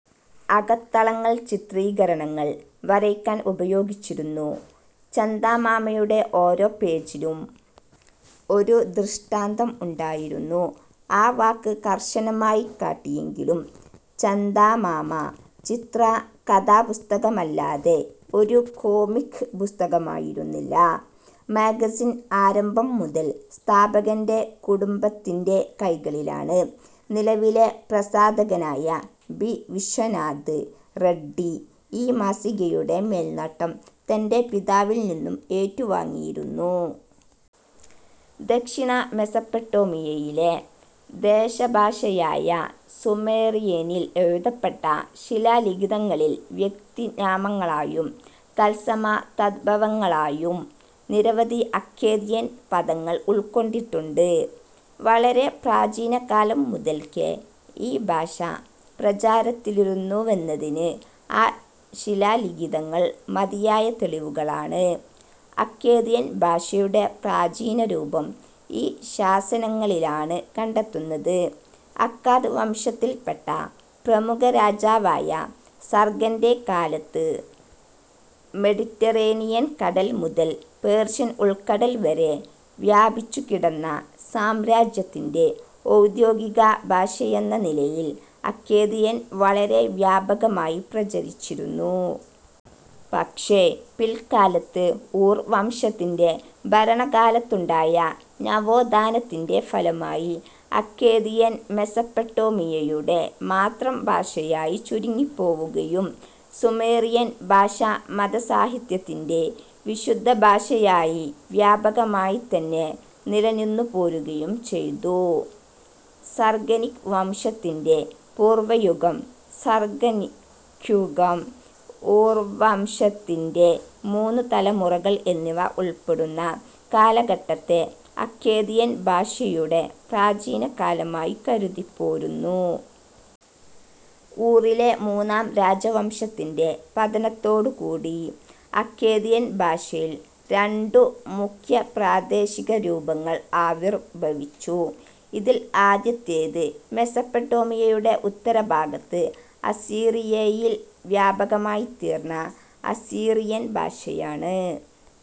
അകത്തളങ്ങൾ ചിത്രീകരണങ്ങൾ വരയ്ക്കാൻ ഉപയോഗിച്ചിരുന്നു. ചന്ദാമാമയുടെ ഓരോ പേജിലും ഒരു ദൃഷ്ടാന്തം ഉണ്ടായിരുന്നു. ആ വാക്ക് കർശനമായി കാട്ടിയെങ്കിലും ചന്ദാമാമ ചിത്രാ-കഥാപുസ്തകമല്ലാതെ ഒരു കോമിക്ക് പുസ്തകമായിരുന്നില്ല. മാഗസിൻ ആരംഭം മുതൽ സ്ഥാപകന്റെ കുടുംബത്തിന്റെ കൈകളിലാണ്. നിലവിലെ പ്രസാധകനായ ബി വിശ്വനാഥ് റെഡ്ഡി ഈ മാസികയുടെ മേൽനോട്ടം തന്റെ പിതാവിൽ നിന്നും ഏറ്റുവാങ്ങിയിരുന്നു. ദക്ഷിണ മെസൊപ്പൊട്ടേമിയയിലെ ദേശഭാഷയായ സുമേറിയനിൽ എഴുതപ്പെട്ട ശിലാലിഖിതങ്ങളിൽ, വ്യക്തിനാമങ്ങളായും തത്സമ-തദ്ഭവങ്ങളായും നിരവധി അക്കേദിയൻ പദങ്ങൾ ഉൾക്കൊണ്ടിട്ടുണ്ട്. വളരെ പ്രാചീനകാലം മുതൽക്കേ ഈ ഭാഷ പ്രചാരത്തിലിരുന്നുവെന്നതിന് ആ ശിലാലിഖിതങ്ങൾ മതിയായ തെളിവുകളാണ്. അക്കേദിയൻ ഭാഷയുടെ പ്രാചീനരൂപം ഈ ശാസനങ്ങളിലാണ് കണ്ടെത്തുന്നത്. അക്കാദ് വംശത്തിൽപ്പെട്ട പ്രമുഖ രാജാവായ സർഗന്റെ കാലത്ത് മെഡിറ്ററേനിയൻ കടൽ മുതൽ പേർഷ്യൻ ഉൾക്കടൽ വരെ വ്യാപിച്ചുകിടന്ന സാമ്രാജ്യത്തിന്റെ ഔദ്യോഗികഭാഷയെന്ന നിലയിൽ അക്കേദിയൻ വളരെ വ്യാപകമായി പ്രചരിച്ചിരുന്നു. പക്ഷേ പില്ക്കാലത്ത് ഊർ വംശത്തിന്റെ ഭരണകാലത്തുണ്ടായ നവോത്ഥാനത്തിന്റെ ഫലമായി അക്കേദിയൻ മെസൊപ്പൊട്ടേമിയയുടെ മാത്രം ഭാഷയായി ചുരുങ്ങിപ്പോവുകയും സുമേറിയൻ ഭാഷ മതസാഹിത്യത്തിന്റെ വിശുദ്ധ ഭാഷയായി വ്യാപകമായിത്തന്നെ നിലനിന്നുപോരുകയും ചെയ്തു. സർഗനിക് വംശത്തിന്റെ പൂർവയുഗം, സർഗനിക്യുഗം, ഊർവംശത്തിന്റെ മൂന്നു തലമുറകൾ എന്നിവ ഉൾപ്പെടുന്ന കാലഘട്ടത്തെ, അക്കേദിയൻ ഭാഷയുടെ പ്രാചീനകാലമായി കരുതിപ്പോരുന്നു. ഊറിലെ മൂന്നാം രാജവംശത്തിന്റെ പതനത്തോടുകൂടി അക്കേദിയൻ ഭാഷയിൽ രണ്ടു മുഖ്യപ്രാദേശികരൂപങ്ങൾ ആവിർഭവിച്ചു. ഇതിൽ ആദ്യത്തേത് മെസൊപ്പൊട്ടേമിയയുടെ ഉത്തരഭാഗത്ത് അസീറിയയിൽ വ്യാപകമായിത്തീർന്ന അസീറിയൻഭാഷയാണ്.